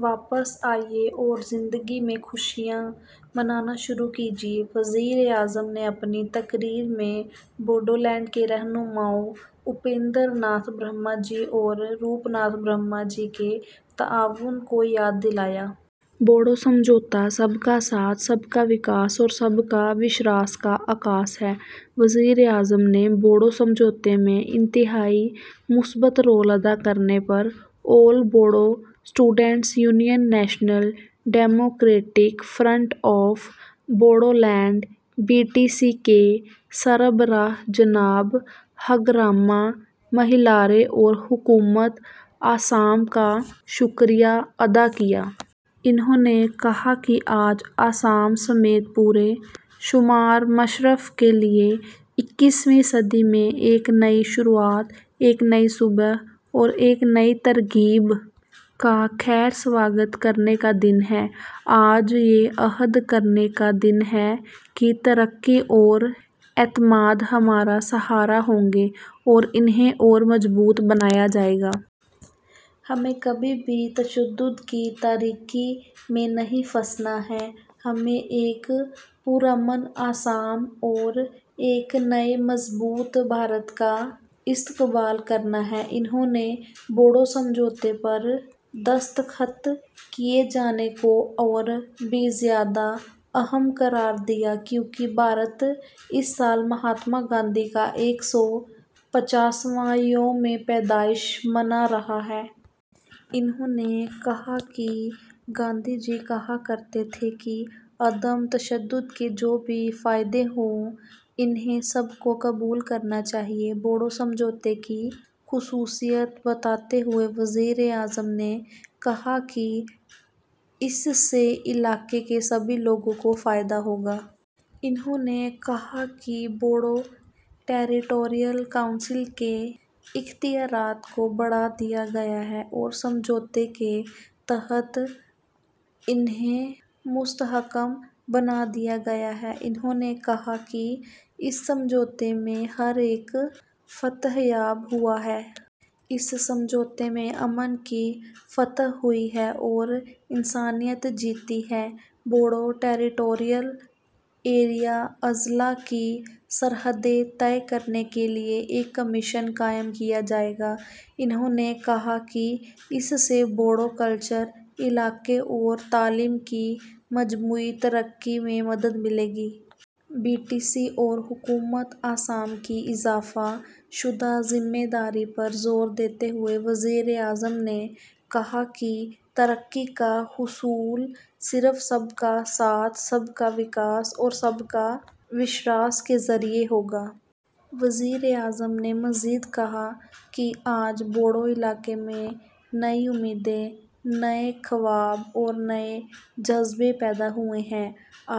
واپس آئیے اور زندگی میں خوشیاں منانا شروع کیجیے۔ وزیر اعظم نے اپنی تقریر میں بوڈو لینڈ کے رہنماؤں اپیندر ناتھ برہما جی اور روپ ناتھ برہما جی کے تعاون کو یاد دلایا۔ بوڈو سمجھوتہ سب کا ساتھ، سب کا وکاس اور سب کا وشواس کا عکاس ہے۔ وزیر اعظم نے بوڈو سمجھوتے میں انتہائی مثبت رول ادا کرنے پر آل Bodo students union, national democratic front of Bodoland, B T C کے سربراہ جناب ہگراما مہیلارے اور حکومت آسام کا شکریہ ادا کیا۔ انہوں نے کہا کہ آج آسام سمیت پورے شمال مشرق کے لیے اکیسویں صدی میں ایک نئی شروعات، ایک نئی صبح اور ایک نئی ترغیب کا خیر مقدم کرنے کا دن ہے۔ آج یہ عہد کرنے کا دن ہے کہ ترقی اور اعتماد ہمارا سہارا ہوں گے اور انہیں اور مضبوط بنایا جائے گا۔ ہمیں کبھی بھی تشدد کی تاریکی میں نہیں پھنسنا ہے۔ ہمیں ایک پرامن آسام اور ایک نئے مضبوط بھارت کا استقبال کرنا ہے۔ انہوں نے بوڈو سمجھوتے پر دستخط کیے جانے کو اور بھی زیادہ اہم قرار دیا کیونکہ بھارت اس سال مہاتما گاندھی کا ایک سو پچاسواں یوم پیدائش منا رہا ہے۔ انہوں نے کہا کہ گاندھی جی کہا کرتے تھے کہ عدم تشدد کے جو بھی فائدے ہوں انہیں سب کو قبول کرنا چاہیے۔ بوڈو سمجھوتے کی خصوصیت بتاتے ہوئے وزیر اعظم نے کہا کہ اس سے علاقے کے سبھی لوگوں کو فائدہ ہوگا۔ انہوں نے کہا کہ بوڈو ٹیریٹوریل کونسل کے اختیارات کو بڑھا دیا گیا ہے اور سمجھوتے کے تحت انہیں مستحکم بنا دیا گیا ہے۔ انہوں نے کہا کہ اس سمجھوتے میں ہر ایک فتح یاب ہوا ہے۔ اس سمجھوتے میں امن کی فتح ہوئی ہے اور انسانیت جیتی ہے۔ بوڈو ٹیریٹوریل ایریا اضلاع کی سرحدیں طے کرنے کے لیے ایک کمیشن قائم کیا جائے گا۔ انہوں نے کہا کہ اس سے بوڈو کلچر، علاقے اور تعلیم کی مجموعی ترقی میں مدد ملے گی۔ بی ٹی سی اور حکومت آسام کی اضافہ شدہ ذمہ داری پر زور دیتے ہوئے وزیر اعظم نے کہا کہ ترقی کا حصول صرف سب کا ساتھ، سب کا وکاس اور سب کا وشواس کے ذریعہ ہوگا۔ وزیر اعظم نے مزید کہا کہ آج بوڈو علاقے میں نئی امیدیں، نئے خواب اور نئے جذبے پیدا ہوئے ہیں۔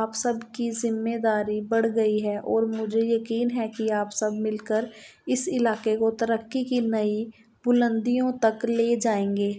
آپ سب کی ذمہ داری بڑھ گئی ہے اور مجھے یقین ہے کہ آپ سب مل کر اس علاقے کو ترقی کی نئی بلندیوں تک لے جائیں گے۔